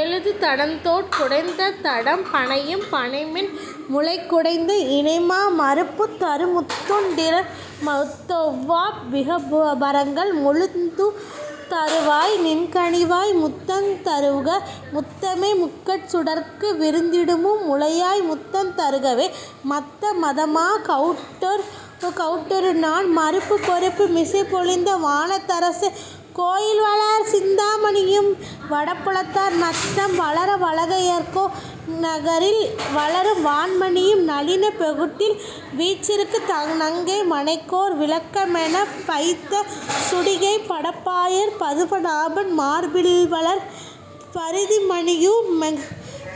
எழுது தடந்தோட் குடைந்ததடம் பணையும் பணைமென் முலைக்குடைந்த இணைமா மருப்புந் தருமுத்துன் டிருமுத் தொவ்வா விகபரங்கள் முழுதுந் தருவாய் நின்கனிவாய் முத்தந் தருக முத்தமே முக்கட் சுடர்க்கு விருந்திடுமும் முலையாய் முத்தந் தருகவே. மத்த மதமாக் கவுட்டொருநான் மருப்புப் பொருப்பு மிசைப்பொலிந்த வானத் தரசு கோயில்வளர் சிந்தா மணியும் வடபுலத்தார் நத்தம் வளர வளகையர்கோ னகரில் வளரும் வான்மணியும் நளினப் பொகுட்டில் வீற்றிருக்கு நங்கை மனைக்கோர் விளக்கமெனப் பைத்த சுடிகைப் படப்பாயற் பதுமநாபன் மார்பில்வளர் பரிதி மணியு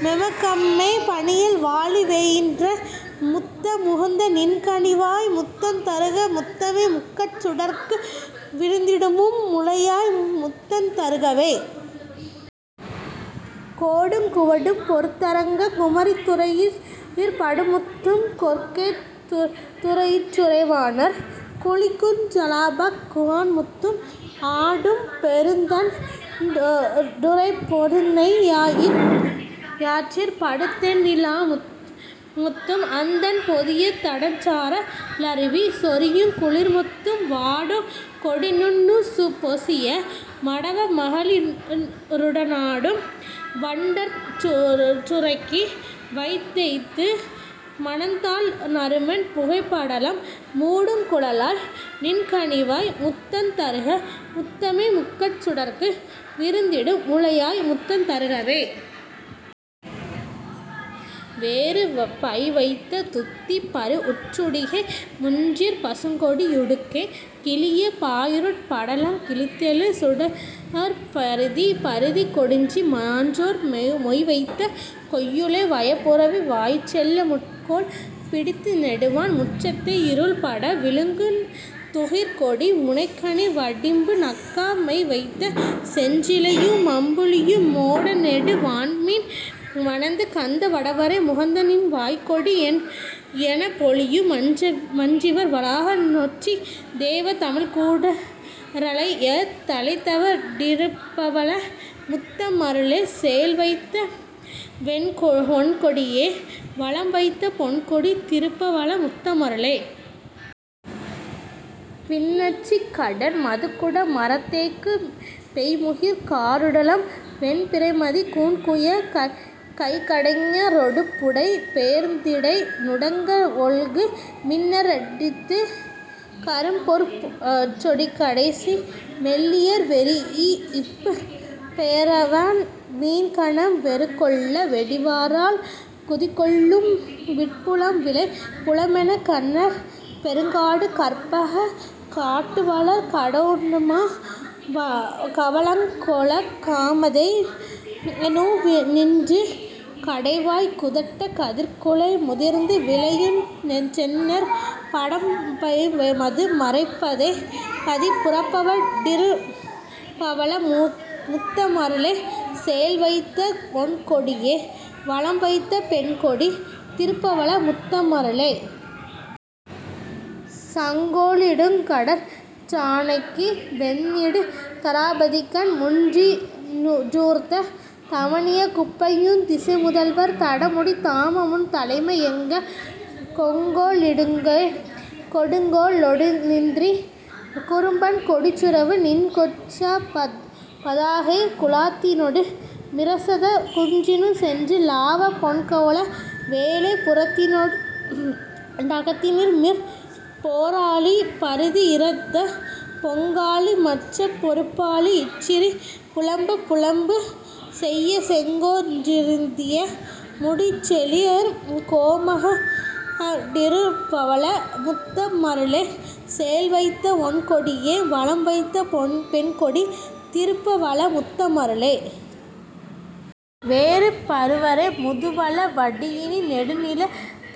மெமக்கம்மை பணியல் வாழி வேயீன்ற முத்த முகுந்த நின்கனிவாய் முத்தந் தருக முத்தமே முக்கட் சுடர்க்கு விருந்திடுமும் முலையாய்முத்தந் தருகவே. கோடுங் குவடும் பொருதரங்கக் குமரித் துறையிற் படுமுத்தும் கொற்கைத் துறையிற் றுறைவாணர் குளிக்குஞ் சலாபக் குவான்முத்தும் ஆடும் பெருந்தண் டுறைப்பொருநை யாற்றிற் படுதெண் ணிலாமுத்தும் அந்தண் பொதியத் தடஞ்சார லருவி சொரியுங் குளிர்முத்தும் வாடுங் கொடிநுண் ணுசுப்பொசிய மடவ மகளி ருடனாடும் வண்டற் றுறைக்கு வைத்துநெய்த்து மணந்தாழ் நறுமென் புகைப்படலம் மூடுங் குழலாய் நின்கனிவாய் முத்தந் தருக முத்தமே முக்கட் சுடர்க்கு விருந்திடுமும் முலையாய் முத்தந் தருகவே. வேறு பைவைத்த துத்திப் பரூஉச்சுடிகை முன்றிற் பசுங்கொடி யுடுக்கை கிழியப் பாயிருட் படலங் கிழித்தெழு சுடர்ப்பரிதி பரிதிக் கொடிஞ்சி மான்றேர் மொய்வைத்த கொய்யுளை வயப்புரவி வாய்ச்செல்ல முட்கோல் பிடித்து நெடுவான் முற்றத்தை யிருள்பட விழுங்குந் துகிற்கொடி முனைக்கணை வடிம்பு நக்கா மைவைத்த செஞ்சிலையு மம்புலியு மோடநெடு வான்மீன் மணந்து கந்த வடவரை முகந்தநின் வயக்கொடி யெனப்பொலியு மஞ்சிவர் வளாக நொச்சித் தெய்வத் தமிழ்க்கூட றழையத் தழைத்தவ டிருப்பவள முத்த மருளே சேல்வைத்த வொண்கொடியை வலம்வைத்த பெண்கொடி திருப்பவள முத்த மருளே. பின்னற் றிறைக்கடன் மதுக்குட மறத்தேக்கு பெய்முகிற் காருடலம் வெண் பிறைமதிக் கூன்குயக் கைக்கடைஞ ரொடுபுடை பெயர்ந்திடை நுடங்க வொல்கு மின்னற் றடித்துக் கரும்பொற்றொடிக்கடைசி மெல்லியர் வெரீஇப் பெயரவான் மீன்கணம் வெருக்கொள்ள வெடிவரால் குதிகொள்ளும் விட்புலம் விளை புலமெனக் கன்னற் பெருங்காடு கற்பகக் காட்டுவளர் கடவுண்மா கவளங் கொளக் காமதே னுவுநின்று கடைவாய் குதட்டக் கதிர்க்குலை முதிர்ந்து விளையுஞ் செந்நெற் படப்பைமது ரைப்பதி புரப்பவ டிருப்பவள முத்த மருளே சேல்வைத்த வொண்கொடியை வலம்வைத்த பெண்கொடி திருப்பவள முத்த மருளே. சங்கோ லிடுங்கடற் றானைக்கு வெந்நிடு தராபதிகண் முன்றிறூர்த்த தமனியக் குப்பையுந் திசைமுதல்வர் தடமுடித் தாமமுந் தலைம யங்கக் கொங்கோ லிடுங்கைக் கொடுங்கோ லொடுந்திரி குறும்பன் கொடிச்சுறவு நின் கொற்றப் பதாகைக் குழாத்தினொடு மிரசதக் குன்றினுஞ் சென்று லாவப் பொன்கோல வேலைப் புறத்தினொ டகத்தினிமிர் போராழி பரிதி யிரதப் பொங்காழி மற்றப் பொருப்பாழி யிற்றிரி புலம்பப் புலம்பு செய்யச் செங்கோ றிருத்திய முடிச்செழியர் கோமக டிருப்பவள முத்த மருளே சேல்வைத்த வொண்கொடியை வலம்வைத்த பெண்கொடி திருப்பவள முத்த மருளே. வேறு பருவரை முதுபல வடியினி னெடுநில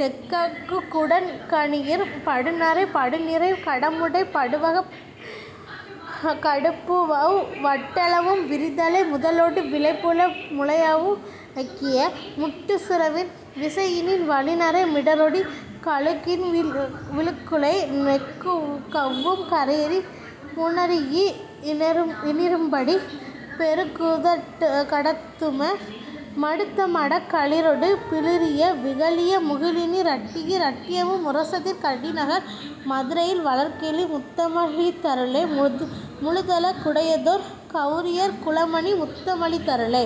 நெக்ககு டக்கனியிற் படுநறை படுநிறை கடமுடை படுவக டுப்பவு வட்டெழவும் விரிதலை முதலொடு விளைபுல முலையவு ழக்கிய முட்சுறவின் விசையினின் வழிநறை மிடறொடி கமுகின்வி ழுக்குலை நெக்குகவும் கரையெறி புணரியி னிருமடி பெருகுத டத்தும டுத்தமடக் களிறொடு பிளிறிய விகலிய முகிலினி ரட்டியி ரட்டியமும் முரசதிர் கடிநகர் மதுரையில் வளர்கிளி முத்தம ளித்தருளே முழுதுல குடையதொர் கவுரியர் குலமணி முத்தம ளித்தருளே.